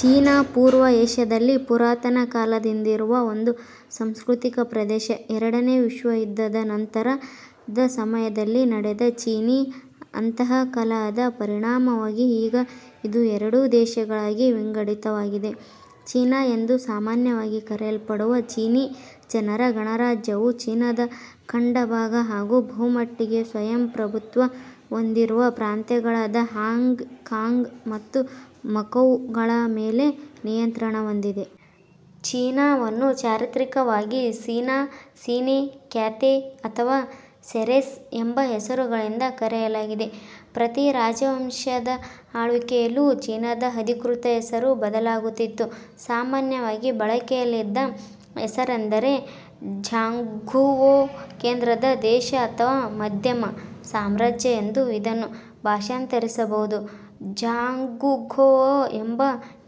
China ಪೂರ್ವ ಏಷ್ಯಾದಲ್ಲಿ ಪುರಾತನ ಕಾಲದಿಂದಿರುವ ಒಂದು ಸಂಸ್ಕೃತಿಕ ಪ್ರದೇಶ. ಎರಡನೇ ವಿಶ್ವಯುದ್ಧದ ನಂತರದ ಸಮಯದಲ್ಲಿ ನಡೆದ ಚೀನಿ ಅಂತಃಕಲಹದ ಪರಿಣಾಮವಾಗಿ ಈಗ ಇದು ಎರಡು ದೇಶಗಳಾಗಿ ವಿಂಗಡಿತವಾಗಿದೆ: ಚೀನಾ ಎಂದು ಸಾಮಾನ್ಯವಾಗಿ ಕರೆಯಲ್ಪಡುವ ಚೀನಿ ಜನರ ಗಣರಾಜ್ಯ ವು ಚೀನದ ಖಂಡ ಭಾಗ, ಹಾಗೂ ಬಹುಮಟ್ಟಿಗೆ ಸ್ವಯಂಪ್ರಭುತ್ವ ಹೊಂದಿರುವ ಪ್ರಾಂತ್ಯಗಳಾದ ಹಾಂಗ್ ಕಾಂಗ್ ಮತ್ತು ಮಕೌ ಗಳ ಮೇಲೆ ನಿಯಂತ್ರಣ ಹೊಂದಿದೆ. ಚೀನಾವನ್ನು ಚಾರಿತ್ರಿಕವಾಗಿ ಸಿನಾ, ಸಿನೇ, ಕ್ಯಾಥೆ, ಅಥವಾ ಸೆರೆಸ್ ಎಂಬ ಹೆಸರುಗಳಿಂದ ಕರೆಯಲಾಗಿದೆ. ಪ್ರತಿ ರಾಜವಂಶದ ಆಳ್ವಿಕೆಯಲ್ಲೂ ಚೀನಾದ ಅಧಿಕೃತ ಹೆಸರು ಬದಲಾಗುತ್ತಿತ್ತು. ಸಾಮಾನ್ಯವಾಗಿ ಬಳಕೆಯಲ್ಲಿದ್ದ ಹೆಸರೆಂದರೆ ಝಾಂಗ್ಗುವೊ. "ಕೇಂದ್ರದ ದೇಶ" ಅಥವಾ "ಮಧ್ಯಮ ಸಾಮ್ರಾಜ್ಯ" ಎಂದು ಇದನ್ನು ಭಾಷಾಂತರಿಸಬಹುದು. ಝಾಂಗ್ಗುವೋ ಎಂಬ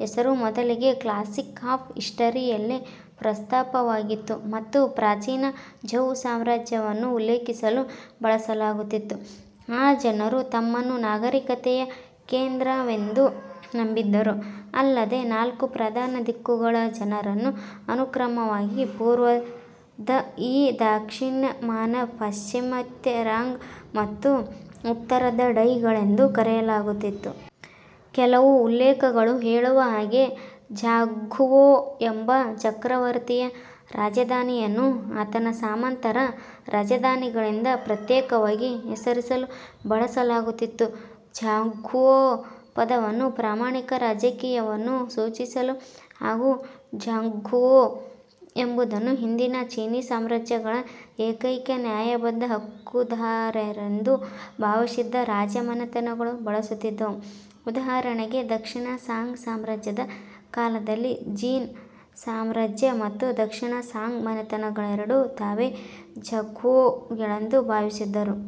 ಹೆಸರು ಮೊದಲಿಗೆ ಕ್ಲಾಸಿಕ್ ಆಫ್ ಹಿಸ್ಟರಿ ಯಲ್ಲಿ ಪ್ರಸ್ತಾಪವಾಗಿತ್ತು, ಮತ್ತು ಪ್ರಾಚೀನ ಝೌ ಸಾಮ್ರಾಜ್ಯವನ್ನು ಉಲ್ಲೇಖಿಸಲು ಬಳಸಲಾಗಿತ್ತು, ಆ ಜನರು ತಮ್ಮನ್ನು "ನಾಗರೀಕತೆಯ ಕೇಂದ್ರ" ವೆಂದು ನಂಬಿದ್ದರು, ಅಲ್ಲದೇ ನಾಲ್ಕು ಪ್ರಧಾನ ದಿಕ್ಕುಗಳ ಜನರನ್ನು ಅನುಕ್ರಮವಾಗಿ ಪೂರ್ವದ ಯಿ, ದಾಕ್ಷಿಣಾತ್ಯ ಮಾನ್, ಪಾಶ್ಚಿಮಾತ್ಯ ರಾಂಗ್ ಮತ್ತು ಉತ್ತರದ ಡೈ ಗಳೆಂದು ಕರೆಯಲಾಗುತ್ತಿತ್ತು. ಕೆಲವು ಉಲ್ಲೇಖಗಳು ಹೇಳುವ ಹಾಗೆ "ಝಾಂಗ್ಗುವೋ" ಎಂಬುದು ಚಕ್ರವರ್ತಿಯ ರಾಜಧಾನಿಯನ್ನು, ಆತನ ಸಾಮಂತ ರ ರಾಜಧಾನಿಗಳಿಂದ ಪ್ರತ್ಯೇಕವಾಗಿ ಹೆಸರಿಸಲು ಬಳಸಲಾಗುತ್ತಿತ್ತು. " ಝಾಂಗ್ಗುವೋ " ಪದವನ್ನು ಪ್ರಾಮಾಣಿಕ ರಾಜಕೀಯವನ್ನು ಸೂಚಿಸಲು, ಹಾಗೂ " ಝಾಂಗ್ಗುವೋ " ಎಂಬುದನ್ನು ಹಿಂದಿನ ಚೀನೀ ಸಾಮ್ರಾಜ್ಯಗಳ ಏಕೈಕ ನ್ಯಾಯಬದ್ಧ ಹಕ್ಕುದಾರರೆಂದು ಭಾವಿಸಿದ್ದ ರಾಜಮನೆತನಗಳು ಬಳಸುತ್ತಿದ್ದವು; ಉದಾಹರಣೆಗೆ, ದಕ್ಷಿಣ ಸಾಂಗ್ ಸಾಮ್ರಾಜ್ಯದ ಕಾಲದಲ್ಲಿ, ಜಿನ್ ಸಾಮ್ರಾಜ್ಯ ಮತ್ತು ದಕ್ಷಿಣ ಸಾಂಗ್ ಮನೆತನಗಳೆರಡೂ ತಾವೇ " ಝಾಂಗ್ಗುವೋ " ಗಳೆಂದು ಭಾವಿಸಿದ್ದರು.